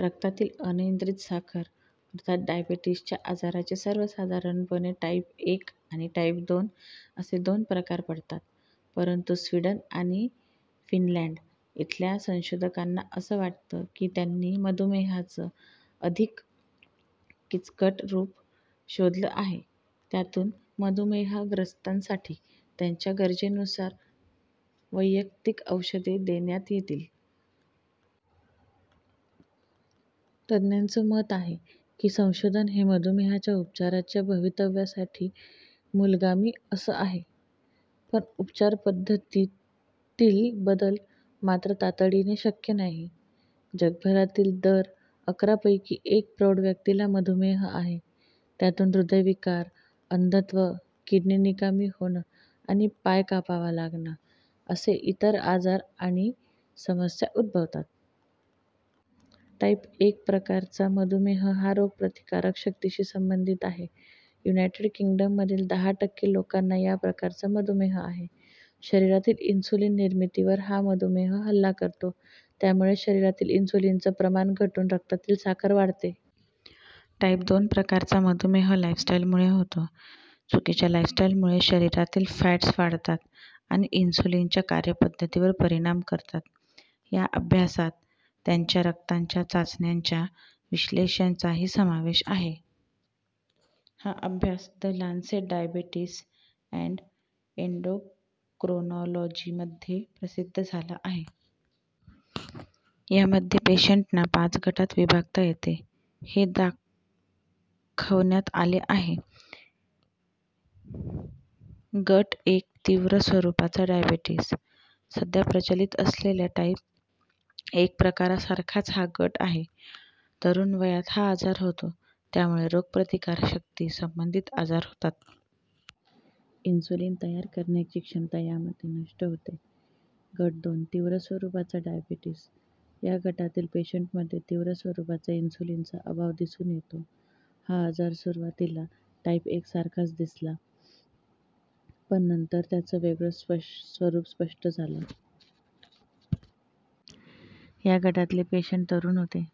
रक्तातील अनियंत्रित साखर अर्थात डायबेटिसच्या आजाराचे सर्वसाधारणपणे टाईप-एक आणि टाईप-दोन असे दोन प्रकार पडतात. परंतु स्वीडन आणि फिनलॅंड इथल्या संशोधकांना असं वाटतं की, त्यांनी मधुमेहाचं अधिक किचकट रूप शोधलं आहे. त्यातून मधुमेहग्रस्तांसाठी त्यांच्या गरजेनुसार वैयक्तिक औषधं देता येतील. तज्ज्ञांचं मत आहे की, हे संशोधन मधुमेहाच्या उपचाराच्या भवितव्यासाठी मूलगामी असं आहे. पण उपचार पद्धतीतील बदल मात्र तातडीने शक्य नाही. जगभरातील दर अकरा पैकी एका प्रौढ व्यक्तीला मधुमेह आहे. त्यातून हृदयविकार, अंधत्व, किडनी निकामी होणं आणि पाय कापावा लागणं असे इतर आजार आणि समस्या उद्भवतात. टाईप एक प्रकारचा मधुमेह हा रोगप्रतिकार शक्तीशी संबंधित आहे. युनायटेड किंगडममधील दहा टक्के लोकांना या प्रकारचा मधुमेह आहे. शरीरातील इन्स्युलिन निर्मितीवर हा मधुमेह हल्ला करतो. त्यामुळे शरीरात इन्स्युलिनचं प्रमाण घटून रक्तातील साखर वाढते. टाईप दोन प्रकारचा मधुमेह लाईफस्टाईलमुळे होतो. चुकीच्या लाईफस्टाईलमुळे शरीरातील फॅट्स वाढतात आणि इन्सुलिनच्या कार्यपद्धतीवर परिणाम करतात. या अभ्यासात त्यांच्या रक्तांच्या चाचण्यांच्या विश्लेषणाचाही समावेश आहे. हा अभ्यास द लान्सेट डायबेटिस अॅंड एंडोक्रोनालॉजीमध्ये प्रसिद्ध झाला आहे. त्यामध्ये पेशंटना पाच गटात विभागता येतं हे दाखवण्यात आले आहे. गट एक तीव्र स्वरूपाचा डायबेटिस. सध्या प्रचलित असलेल्या टाईप एक प्रकारसारखाच हा गट आहे. तरुण वयात हा आजार होतो, त्यामुळे रोगप्रतिकार शक्तीशी संबंधित आजार होतात. इन्स्युलिन तयार करण्याची क्षमता यामध्ये नष्ट होते. गट दोन तीव्र स्वरूपाचा डायबेटिस. या गटातील पेशंटमध्ये तीव्र स्वरूपाचा इन्स्युलिनचा अभाव दिसून येतो. हा आजार सुरुवातीला टाईप एक सारखाच दिसला. पण नंतर त्याचं वेगळं स्वरूप स्पष्ट झालं. या गटातले पेशंट तरुण होते.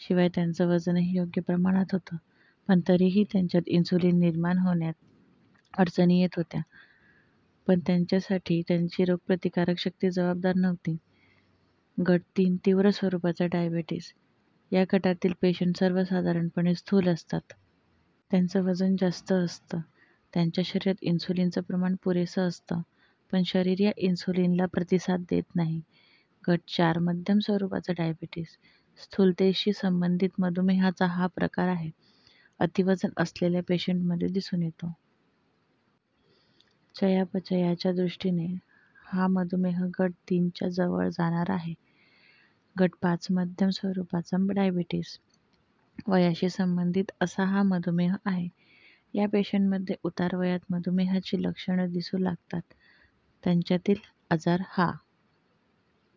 शिवाय त्यांचं वजनही योग्य प्रमाणात होतं, पण तरीही त्यांच्यात इन्स्युलिन निर्माण होण्यात अडचणी येत होत्या. पण त्यासाठी त्यांची रोगप्रतिकार शक्ती जबाबदार नव्हती. गट तीन तीव्र स्वरूपाचा डायबेटिस. या गटातील पेशंट्स सर्वसाधारणपणे स्थूल असतात. त्यांचं वजन जास्त असतं. त्यांच्या शरीरात इन्स्युलिनचं प्रमाण पुरेसं असतं. पण शरीर या इन्स्युलिनला प्रतिसाद देत नाही. गट चार मध्यम स्वरूपाचा डायबेटिस. स्थूलतेशी संबंधित मधुमेहाचा हा प्रकार आहे. अतिवजन असलेल्या पेशंटमध्ये दिसून येतो. चयापचयाच्या दृष्टीने हा मधुमेह गट तीन च्या जवळ जाणारा आहे. गट पाच मध्यम स्वरूपाचा डायबेटिस. वयाशी संबंधित असा हा मधुमेह आहे. या पेशंटमध्ये उतार वयात मधुमेहाची लक्षणं दिसू लागतात. त्यांच्यातील आजार हा